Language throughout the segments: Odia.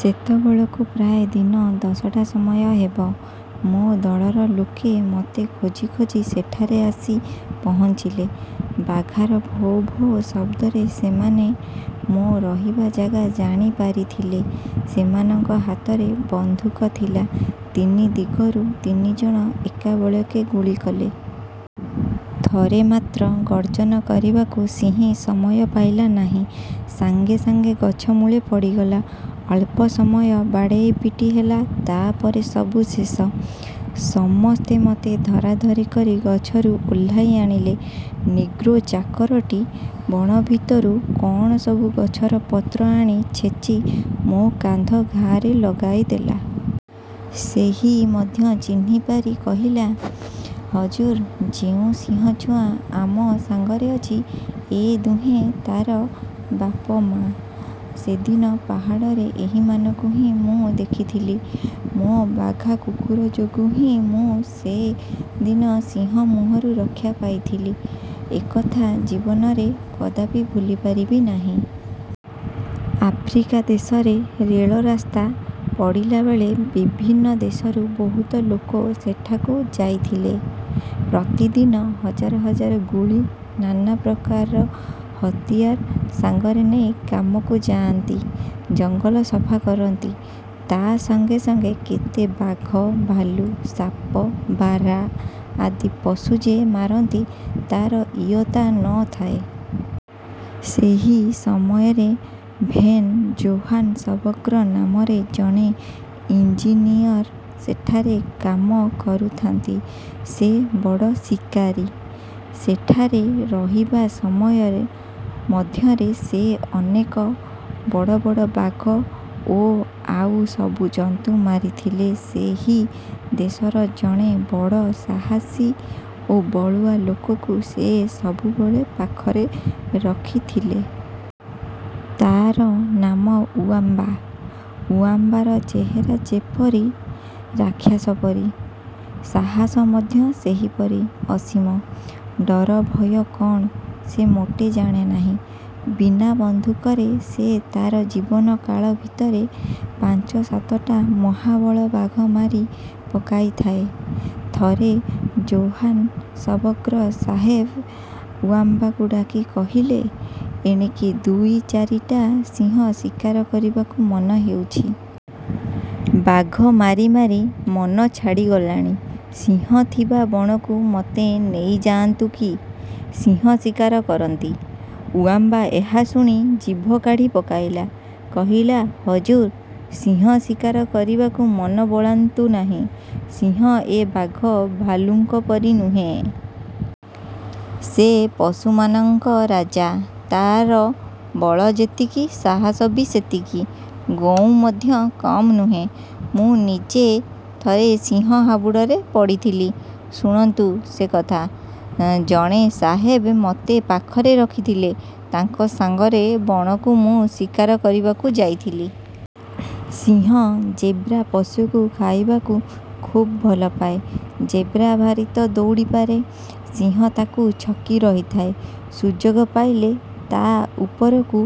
ସେତେବେଳକୁ ପ୍ରାୟ ଦିନ ଦଶଟା ସମୟ ହେବ। ମୋ ଦଳର ଲୋକେ ମୋତେ ଖୋଜି ଖୋଜି ସେଠାରେ ଆସି ପହଞ୍ଚିଲେ। ବାଘାର ଭୋ ଭୋ ଶବ୍ଦରେ ସେମାନେ ମୋ ରହିବା ଜାଗା ଜାଣିପାରିଥିଲେ। ସେମାନଙ୍କ ହାତରେ ବନ୍ଧୁକ ଥିଲା। ତିନି ଦିଗରୁ ତିନି ଜଣ ଏକାବେଳେକେ ଗୁଳି କଲେ। ଥରେ ମାତ୍ର ଗର୍ଜନ କରିବାକୁ ସିଂହୀ ସମୟ ପାଇଲା ନାହିଁ। ସାଙ୍ଗେ ସାଙ୍ଗେ ଗଛମୂଳେ ପଡ଼ିଗଲା। ଅଳ୍ପ ସମୟ ବାଡ଼େଇପିଟି ହେଲା, ତା'ପରେ ସବୁ ଶେଷ। ସମସ୍ତେ ମୋତେ ଧରାଧରି କରି। ଗଛରୁ ଓହ୍ଲାଇ ଆଣିଲେ। ନିଗ୍ରୋ ଚାକରଟି ବଣ ଭିତରୁ କଅଣ ସବୁ ଗଛର ପତ୍ର ଆଣି ଛେଚି ମୋ କାନ୍ଧ ଘାଆରେ ଲଗାଇଦେଲା। ସେହି ମଧ୍ୟ ଚିହ୍ନିପାରି କହିଲା, ''ହଜୁର, ଯେଉଁ ସିଂହଛୁଆ ଆମ ସାଙ୍ଗରେ ଅଛି, ଏ ଦୁହେଁ ତା'ର ବାପ ମା। ସେଦିନ ପାହାଡ଼ରେ ଏହିମାନଙ୍କୁ ହିଁ ମୁଁ ଦେଖିଥିଲି। '' ମୋ ବାଘା କୁକୁର ଯୋଗୁଁ ହିଁ ମୁଁ ସେ ଦିନ ସିଂହମୁହଁରୁ ରକ୍ଷା ପାଇଥିଲି-ଏକଥା ଜୀବନରେ କଦାପି ଭୁଲିପାରିବି ନାହିଁ। ଆଫ୍ରିକା ଦେଶରେ ରେଳ ରାସ୍ତା ପଡ଼ିଲାବେଳେ ବିଭିନ୍ନ ଦେଶରୁ ବହୁତ ଲୋକ ସେଠାକୁ ଯାଇଥିଲେ। ପ୍ରତିଦିନ ହଜାର ହଜାର କୁଲି ନାନାପ୍ରକାର ହତିଆର ସାଙ୍ଗରେ ନେଇ କାମକୁ ଯାଆନ୍ତି। ଜଙ୍ଗଲ ସଫା କରନ୍ତି। ତା' ସାଙ୍ଗେସାଙ୍ଗେ କେତେ ବାଘ, ଭାଲୁ, ସାପ, ବାର୍ହା ଆଦି ପଶୁ ଯେ ମାରନ୍ତି, ତା'ର ଇୟତ୍ତା ନ ଥାଏ। ସେହି ସମୟରେ ଭନ୍ ଜୋହାନସବର୍ଗ ନାମରେ ଜଣେ ଇଞ୍ଜିନିୟର ସେଠାରେ କାମ କରୁଥାନ୍ତି। ସେ ବଡ଼ ଶିକାରୀ। ସେଠାରେ ରହିବା ସମୟ ମଧ୍ୟରେ ସେ ଅନେକ ବଡ଼ ବଡ଼ ବାଘ ଓ ଆଉ ସବୁ ଜନ୍ତୁ ମାରିଥିଲେ। ସେହି ଦେଶର ଜଣେ ବଡ଼ ସାହସୀ ଓ ବଳୁଆ ଲୋକକୁ ସେ ସବୁବେଳେ ପାଖରେ ରଖିଥିଲେ। ତା'ର ନାମ ଉଆମ୍ବା। ଉଆମ୍ବାର ଚେହେରା ଯେପରି ରାକ୍ଷସ ପରି, ସାହସ ମଧ୍ୟ ସେହିପରି ଅସୀମ। ଡର ଭୟ କଅଣ, ସେ ମୋଟେ ଜାଣେ ନାହିଁ। ବିନା ବନ୍ଧୁକରେ ସେ ତା' ଜୀବନ କାଳ ଭିତରେ ପାଞ୍ଚ ସାତଟା ମହାବଳ ବାଘ ମାରି ପକାଇଥାଏ। ଥରେ ଜୋହାନସବର୍ଗ ସାହେବ ଉଆମ୍ବାକୁ ଡାକି କହିଲେ, "ଏଣିକି ଦୁଇ ଚାରିଟା ସିଂହ ଶିକାର କରିବାକୁ ମନ ହେଉଛି। ବାଘ ମାରି ମାରି ମନ ଛାଡ଼ିଗଲାଣି। ସିଂହ ଥିବା ବଣକୁ ମୋତେ ନେଇଯାଆନ୍ତୁ କି, ସିଂହ ଶିକାର କରନ୍ତି। ଉଆମ୍ବା ଏହା ଶୁଣି ଜିଭ କାଢ଼ି ପକାଇଲା। କହିଲା, "ହଜୁର ସିଂହ ଶିକାର କରିବାକୁ ମନ ବଳାନ୍ତୁ ନାହିଁ। ସିଂହ ଏ ବାଘ ଭାଲୁଙ୍କ ପରି ନୁହେଁ। ସେ ପଶୁମାନଙ୍କ ରାଜା; ତା'ର ବଳ ଯେତିକି, ସାହସ ବି ସେତିକି; ଗଉଁ ମଧ୍ୟ କମ୍ ନୁହେଁ। ମୁଁ ନିଜେ ଥରେ ସିଂହ ହାବୁଡ଼ରେ ପଡ଼ିଥିଲି-। ଶୁଣନ୍ତୁ ସେ କଥା ଜଣେ ସାହେବ ମୋତେ ପାଖରେ ରଖିଥିଲେ। ତାଙ୍କ ସାଙ୍ଗରେ ବଣକୁ ମୁଁ ଶିକାର କରିବାକୁ ଯାଇଥିଲି। ସିଂହ ଜେବ୍ରା ପଶୁକୁ ଖାଇବାକୁ ଖୁବ ଭଲପାଏ। ଜେବ୍ରା ଭାରି ତ ଦଉଡ଼ିପାରେ। ସିଂହ ତାକୁ ଛକି ରହିଥାଏ। ସୁଯୋଗ ପାଇଲେ ତା' ଉପରକୁ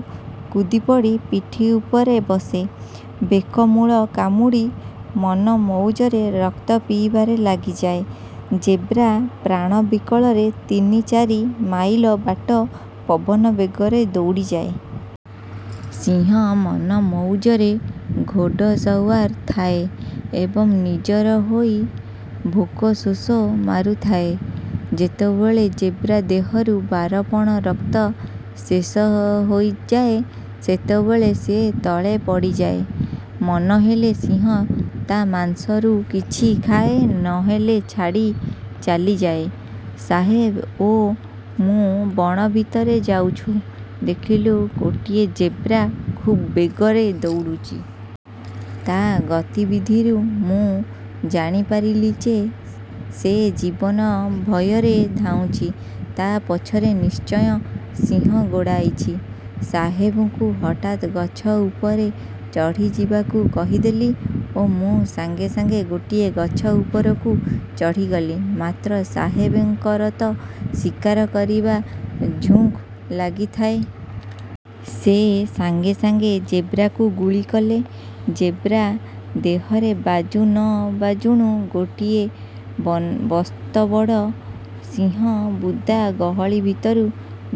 କୁଦିପଡ଼ି ପିଠି ଉପରେ ବସେ। ବେକମୂଳ କାମୁଡ଼ି ମନମଉଜରେ ରକ୍ତ ପିଇବାରେ ଲାଗିଯାଏ। ଜେବ୍ରା ପ୍ରାଣବିକଳରେ ତିନି ଚାରି ମାଇଲ ବାଟ ପବନ ବେଗରେ ଦଉଡ଼ିଯାଏ। ସିଂହ ମନମଉଜରେ 'ଘୋଡସୱ। ର' ଥାଏ ଏବଂ ନିଜର ହୋଇ ଭୋକ ଶୋଷ ମାରୁଥାଏ। ଯେତେବେଳେ ଜେବ୍ରା ଦେହରୁ ବାରପଣ ରକ୍ତ ଶେଷ ହୋଇଯାଏ; ସେତେବେଳେ ସେ ତଳେ ପଡ଼ିଯାଏ। ମନ ହେଲେ ସିଂହ ତା' ମାଂସରୁ କିଛି ଖାଏ, ନହେଲେ ଛାଡ଼ି ଚାଲିଯାଏ। ସାହେବ ଓ ମୁଁ ବଣ ଭିତରେ ଯାଉଛୁ, ଦେଖିଲୁ ଗୋଟାଏ ଜେବ୍ରା ଖୁବ୍ ବେଗରେ ଦଉଡ଼ୁଛି। ତା' ଗତିବିଧିରୁ ମୁଁ ଜାଣିପାରିଲି ଯେ, ସେ ଜୀବନ ଭୟରେ ଧାଉଁଛି। ତା' ପଛରେ ନିଶ୍ଚୟ ସିଂହ ଗୋଡ଼ାଇଛି। ସାହେବଙ୍କୁ ହଠାତ୍ ଗଛ ଉପରେ ଚଢ଼ିଯିବାକୁ କହିଦେଲି ଓ ମୁଁ ସାଙ୍ଗେ ସାଙ୍ଗେ ଗୋଟିଏ ଗଛ ଉପରକୁ ଚଢ଼ିଗଲି। ମାତ୍ର ସାହେବଙ୍କର ତ ଶିକାର କରିବା ଝୁଙ୍କ ଲାଗିଥାଏ-। ସେ ସାଙ୍ଗେ ସାଙ୍ଗେ ଜେବ୍ରାକୁ ଗୁଳି କଲେ। ଜେବ୍ରା ଦେହରେ ବାଜୁ ନ ବାଜୁଣୁ ଗୋଟାଏ ମସ୍ତବଡ଼ ସିଂହ ବୁଦା ଗହଳି ଭିତରୁ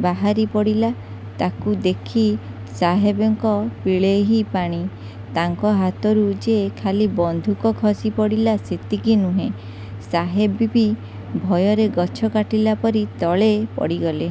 ବାହାରିପଡ଼ିଲା। ତାକୁ ଦେଖି ସାହେବଙ୍କ ପିଳେହି ପାଣି-। ତାଙ୍କ ହାତରୁ ଯେ ଖାଲି ବନ୍ଧୁକ ଖସିପଡ଼ିଲା, ସେତିକି ନୁହେଁ; ସାହେବ ବି ଭୟରେ ଗଛ କାଟିଲା ପରି ତଳେ ପଡ଼ିଗଲେ।